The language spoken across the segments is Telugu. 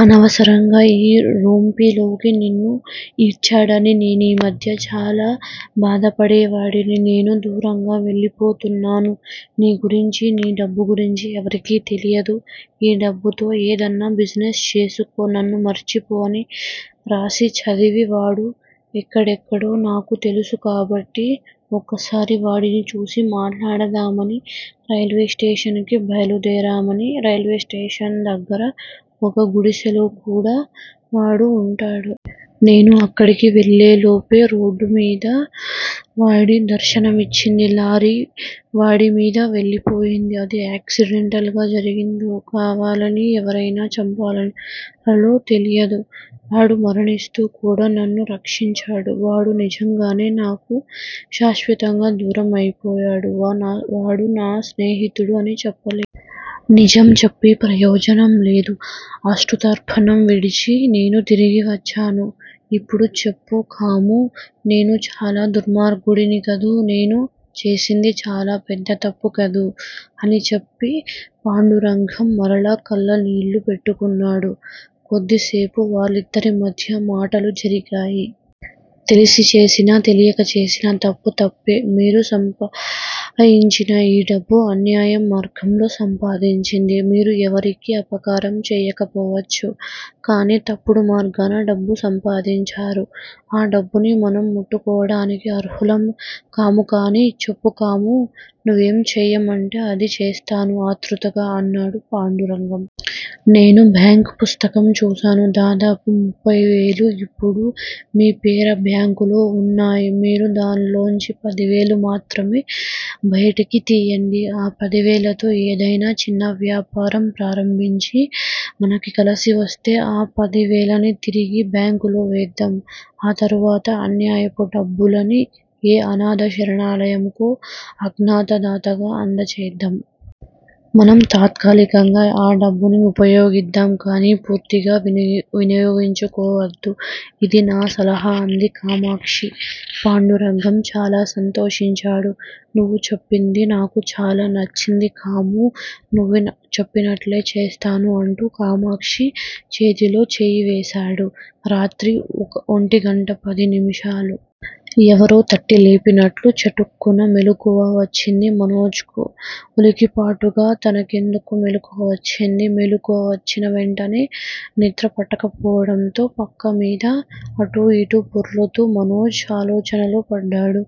అనవసరంగా ఈ రొంపిలోకి నిన్ను ఈడ్చానని నేనీమధ్య చాలా బాధపడేవాడిని. నేను దూరంగా వెళ్లిపోతున్నాను. నీగురించీ, నీ డబ్బు గురించీ ఎవరికీ తెలియదు. ఈ డబ్బుతో ఏదన్నా బిజినెస్ చేసుకో! నన్ను మర్చిపో! అని రాసింది చదివి, వాడు ఎక్కడెక్కడో నాకు తెలుసు కాబట్టి, ఒక్కసారి వాడిని చూసి మాట్లాడదామని, రైల్వేస్టేషన్ కి బయలు దేరామని, రైల్వేస్టేషన్ దగ్గర ఒక గుడిసెలో కూడా వాడు వుంటాడు. నేను అక్కడికి వెళ్ళేలోపలే, రోడ్డు మీద వాడి దర్శనమిచ్చింది లారీ వాడిమీంచి వెళ్ళిపోయింది. అది యాక్సిడెంటల్ గా జరిగిందో, కావాలని ఎవరయినా చంపాలో తెలియదు. వాడు మరణిస్తూ కూడా నన్ను రక్షించాడు. వాడు నిజంగానే నాకు శాశ్వతంగా దూరం అయిపోయాడు. వాడు నా స్నేహితుడు అని చెప్పలేను. నిజం చెప్పీ ప్రయోజనం లేదు. అశ్రుతర్పణం విడిచి నేను తిరిగి వచ్చాను. ఇప్పుడు చెప్పు కామూ! నేను చాలా దుర్మార్గుడిని కదూ! నేను చేసింది చాలా పెద్ద తప్పు కదూ! అని చెప్పి పాండురంగం మరలా కళ్ళ నీళ్ళు పెట్టుకున్నాడు. కొద్దిసేపు వాళ్లిద్దరి మధ్యా మాటలు జరిగాయి. తెలిసి చేసినా తెలియక చేసినా తప్పు తప్పే. మీరు సంపాయించిన ఈ డబ్బు, అన్యాయం మార్గంలో సంపాదించింది. మీరు ఎవరికీ అపకారం చెయ్యకపోవచ్చు. కానీ, తప్పుడు మార్గాన డబ్బు సంపాదించారు. ఆ డబ్బుని మనం ముట్టుకోడానికి అర్హులం కాముకానీ చెప్పు! కామూ! నువ్వేం చేయమంటే అది చేస్తాను ఆత్రుతగా అన్నాడు పాండురంగం. నేను బ్యాంక్ పుస్తకం చూశాను. దాదాపు ముప్పైవేలు ఇప్పుడు మీ పేర బ్యాంకులో వున్నాయి. మీరు దానిలోంచి పదివేలు మాత్రమే బయటికి తియ్యండి. ఆ పదివేలతో ఏదయినా చిన్న వ్యాపారం ప్రారంభించండి. మనకి కలిసివస్తే, ఆ పదివేలని తిరిగి బ్యాంకులో వేద్దాం. ఆ తరువాత అన్యాయపు డబ్బుని ఏ అనాధ శరణాలయంకో అజ్ఞాత దాతగా అందచేద్దాం. మనం తాత్కాలికంగా ఆ డబ్బుని ఉపయోగిద్దాం కానీ, పూర్తిగా వినియోగించుకోవద్దు. ఇది నా సలహా! అంది కామాక్షి. పాండురంగం చాలా సంతోషించాడు. నువ్వు చెప్పింది నాకు చాలా నచ్చింది కామూ! నువ్వు చెప్పినట్లే చెప్తాను అంటూ కామాక్షి చేతిలో చెయ్యి వేశాడు. రాత్రి ఒంటిగంటా పది నిమిషాలు. ఎవరో తట్టి లేపినట్లు చటుక్కున మెలకువ వచ్చింది మనోజ్ కి. వులికిపాటుగా తనకెందుకు మెలుకువ వచ్చింది? మెలకువ వచ్చినా వెంటనే నిద్రపట్టకపోవటంతో పక్క మీద అటూ యిటూ పొర్లుతూ మనోజు ఆలోచనలో పడ్డాడు.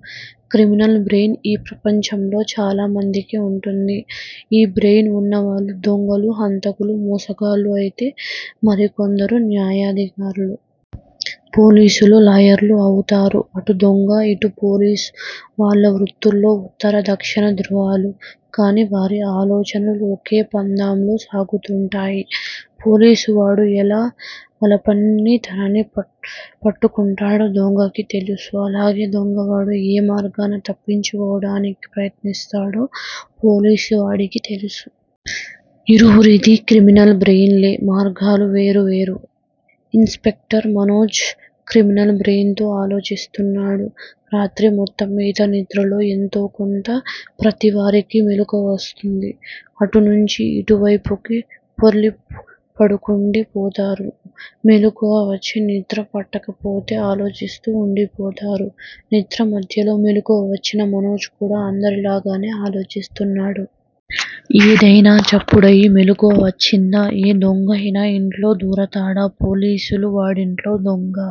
క్రిమినల్ బ్రెయిన్ ఈ ప్రపంచంలో చాలామందికి వుంటుంది. ఈ బ్రెయిన్ వున్న వాళ్ళు దొంగలూ, హంతకులూ, మోసగాళ్ళూ అయితే, మరికొందరు న్యాయాధికారులు! పోలీసులూ, లాయర్లూ అవుతారు. అటుదొంగ, ఇటు పోలీసు వాళ్ళ వృత్తులో ఉత్తర, దక్షిణ ధృవాలు. కానీ, వారి ఆలోచనలు ఒకే పంధాలో సాగుతూంటాయి. పోలీసువాడు ఎలా వలపన్ని తనని పట్టుకుంటాడో దొంగకి తెలుసు. అలాగే దొంగవాడు ఏ మార్గాన తప్పించుకోటానికి ప్రయత్నిస్తాడో పోలీసు వాడికి తెలుసు. ఇరువురిది క్రిమినల్ బ్రెయిన్ లే మార్గాలు వేరు వేరు. Inspector Manoj criminal brain తో ఆలోచిస్తున్నాడు. రాత్రి మొత్తంమీద నిద్రలో ఎంతోకొంత ప్రతివారికి మెలుకువ వస్తుంది. అటునుంచి ఇటువేపుకి పొర్లిపడుకుండి పోతారు. మెలుకువ వచ్చి నిద్ర పట్టకపోతే ఆలోచిస్తూ వుండిపోతారు. నిద్ర మధ్యలో మెలకువ వచ్చిన మనోజ్ కూడ అందరి లాగానే ఆలోచిస్తున్నాడు. ఏదయినా చప్పుడయి మెలుకువ వచ్చిందా? ఏ దొంగైయినా ఇంట్లో దూరాడా? పోలీసు వాడింట్లో దొంగ!